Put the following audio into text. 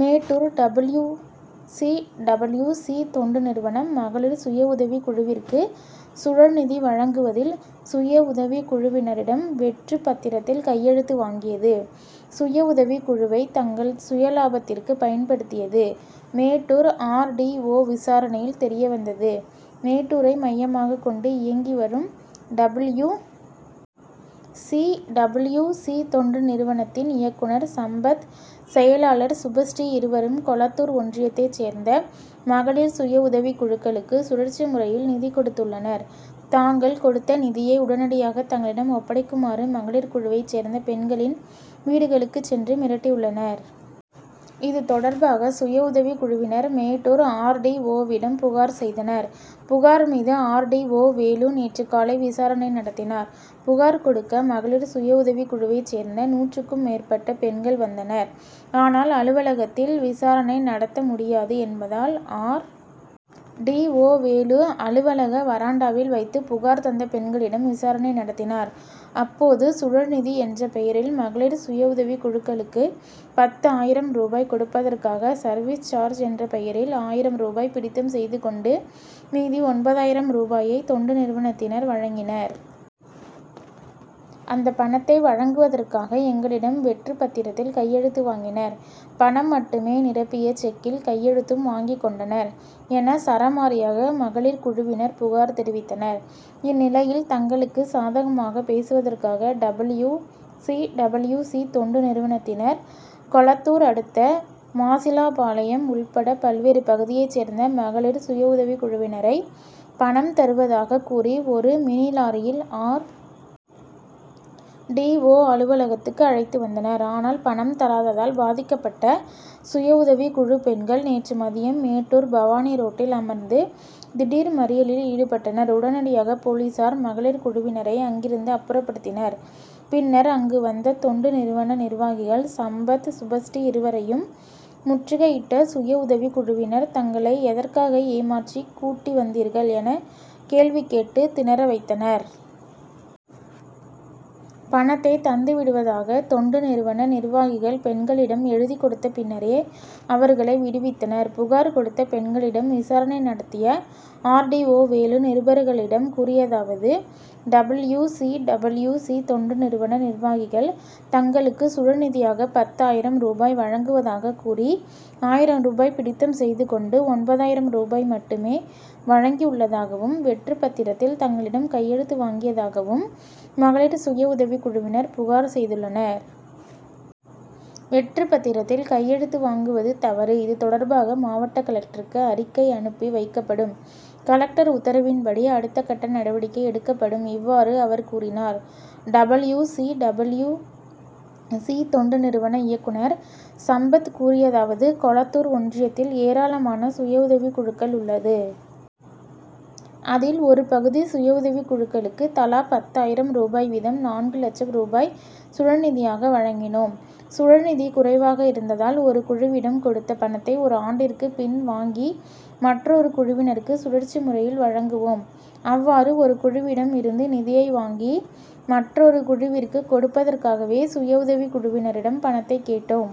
Mettur W. C. W. சி.தொண்டு நிறுவனம், மகளிர் சுய உதவி குழுவிற்கு சுழல்நிதி வழங்குவதில், சுய உதவி குழுவினரிடம் வெற்று பத்திரத்தில் கையெழுத்து வாங்கியது, சுயஉதவி குழுவை தங்கள் சுயலாபத்திற்கு பயன்படுத்தியது, மேட்டூர் ஆர். டி. ஓ.,விசாரணையில் தெரியவந்தது. மேட்டூரை மையமாக கொண்டு இயங்கி வரும் டபில்யூ. சி. டபில்யூ. சி. தொண்டு நிறுவனத்தின் இயக்குனர் சம்பத். செயலாளர் சுபஸ்ரீ. இருவரும் கொளத்தூர் ஒன்றியத்தை சேர்ந்த மகளிர் சுய உதவி குழுக்களுக்கு சுழற்சி முறையில் நிதி கொடுத்துள்ளனர். தாங்கள் கொடுத்த நிதியை உடனடியாக தங்களிடம் ஒப்படைக்குமாறு மகளிர் குழுவை சேர்ந்த பெண்களின் வீடுகளுக்கு சென்று மிரட்டியுள்ளனர். இதுதொடர்பாக சுயஉதவி குழுவினர் மேட்டூர் ஆர். டி. ஓ.விடம் புகார் செய்தனர். புகார் மீது ஆர். டி. ஓ. வேலு நேற்று காலை விசாரணை நடத்தினார். புகார் கொடுக்க மகளிர் சுய உதவி குழுவை சேர்ந்த நூற்றுக்கும் மேற்பட்ட பெண்கள் வந்ததனர். அதனால், அலுவலகத்தில விசாரணை நடத்த முடியாது என்பதால், ஆர். டி. ஓ.வேலு அ லுவலக வராண்டாவில் வைத்து புகார் தந்த பெண்களிடம் விசாரணை நடத்தினார். அப்போது, சுழல்நிதி என்ற பெயரில் மகளிர் சுய உதவி குழுக்களுக்கு, பத்து ஆயிரம் ரூபாய் கொடுப்பதற்காக, சர்வீஸ் சார்ஜ் என்ற பெயரில் ஆயிரம் ரூபாய் பிடித்தம் செய்து கொண்டு, மீதி ஒன்பதாயிரம் ரூபாயை தொண்டு நிறுவனத்தினர் வழங்கினர். அந்த பணத்தை வழங்குவதற்காக எங்களிடம் வெற்று பத்திரத்தில் கையெழுத்து வாங்கினர். பணம் மட்டுமே நிரப்பிய செக்கில் கையெழுத்தும் வாங்கி கொண்டனர்' என சரமாரியாக மகளிர் குழுவினர் புகார் தெரிவித்தனர். இந்நிலையில், தங்களுக்கு சாதமாக பேசுவதற்காக டபில்யூ. சி. டபில்யூ. சி.தொண்டு நிறுவனத்தினர், கொளத்தூர் அடுத்த மாசிலாபாளையம் உள்பட பல்வேறு பகுதியை சேர்ந்த மகளிர் சுய உதவி குழுவினரை, பணம் தருவதாக கூறி ஒரு மினி லாரியில் ஆர். டி. ஓ., அலுவலகத்துக்கு அழைத்து வந்தனர். ஆனால், பணம் தராததால் பாதிக்கப்பட்ட சுயஉதவி குழு பெண்கள் நேற்று மதியம் மேட்டூர்-பவானி ரோட்டில் அமர்ந்து திடீர் மறியலில் ஈடுபட்டனர். உடனடியாக போலீஸார், மகளிர் குழுவினரை அங்கிருந்து அப்புறப்படுத்தினர். பின்னர் அங்கு வந்த தொண்டு நிறுவன நிர்வாகிகள் சம்பத், சுபஸ்ரீ இருவரையும் முற்றுகையிட்ட சுய உதவி குழுவினர், தங்களை எதற்காக ஏமாற்றி கூட்டி வந்தீர்கள் என கேள்வி கேட்டு தினறவைத்தனர். பணத்தை தந்து விடுவதாக தொண்டு நிறுவன நிர்வாகிகள் பெண்களிடம் எழுதி கொடுத்த பின்னரே அவர்களை விடுவித்தனர். புகார் கொடுத்த பெண்களிடம் விசாரணை நடத்திய ஆர். டி. ஓ. வேலு நிருபர்களிடம் கூறியதாவது:டபில்யூ. C., W. சி. தொண்டு நிறுவன நிர்வாகிகள், தங்களுக்கு சுழல்நிதியாக பத்து ஆயிரம் ரூபாய் வழங்குவதாக கூறி ஆயிரம் ரூபாய் பிடித்தம் செய்து கொண்டு ஒன்பதாயிரம் ரூபாய் மட்டுமே வழங்கியுள்ளதாகவும், வெற்றுபத்திரத்தில் தங்களிடம் கையெழுத்து வாங்கியதாகவும் மகளிர் சுய உதவி குழுவினர் புகார் செய்துள்ளனர். வெற்று பத்திரத்தில் கையெழுத்து வாங்குவது தவறு. இதுதொடர்பாக மாவட்ட கலெக்டருக்கு அறிக்கை அனுப்பி வைக்கப்படும். கலெக்டர் உத்தரவின்படி அடுத்தகட்ட நடவடிக்கை எடுக்கப்படும்இவ்வாறு அவர் கூறினார். டபில்யூ. சி. டபில்யூ. சி. தொண்டு நிறுவன இயக்குனர் சம்பத் கூறியதாவது: கொளத்தூர் ஒன்றியத்தில் ஏராளமான சுய உதவி குழுக்கள் உள்ளது. அதில், ஒருபகுதி சுய உதவி குழுக்களுக்கு தலா பத்து ஆயிரம் ரூபாய் வீதம் நான்கு லட்சம் ரூபாய் சுழல்நிதியாக வழங்கினோம். சுழல்நிதி குறைவாக இருந்ததால், ஒரு குழுவிடம் கொடுத்த பணத்தை, ஒரு ஆண்டிற்கு பின் வாங்கி மற்றொரு குழுவினருக்கு சுழற்சி முறையில் வழங்குவோம். அவ்வாறு ஒரு குழுவிடம் இருந்து நிதியை வாங்கி மற்றொரு குழுவிற்கு கொடுப்பதற்காகவே, சுயஉதவி குழுவினரிடம் பணத்தை கேட்டோம்.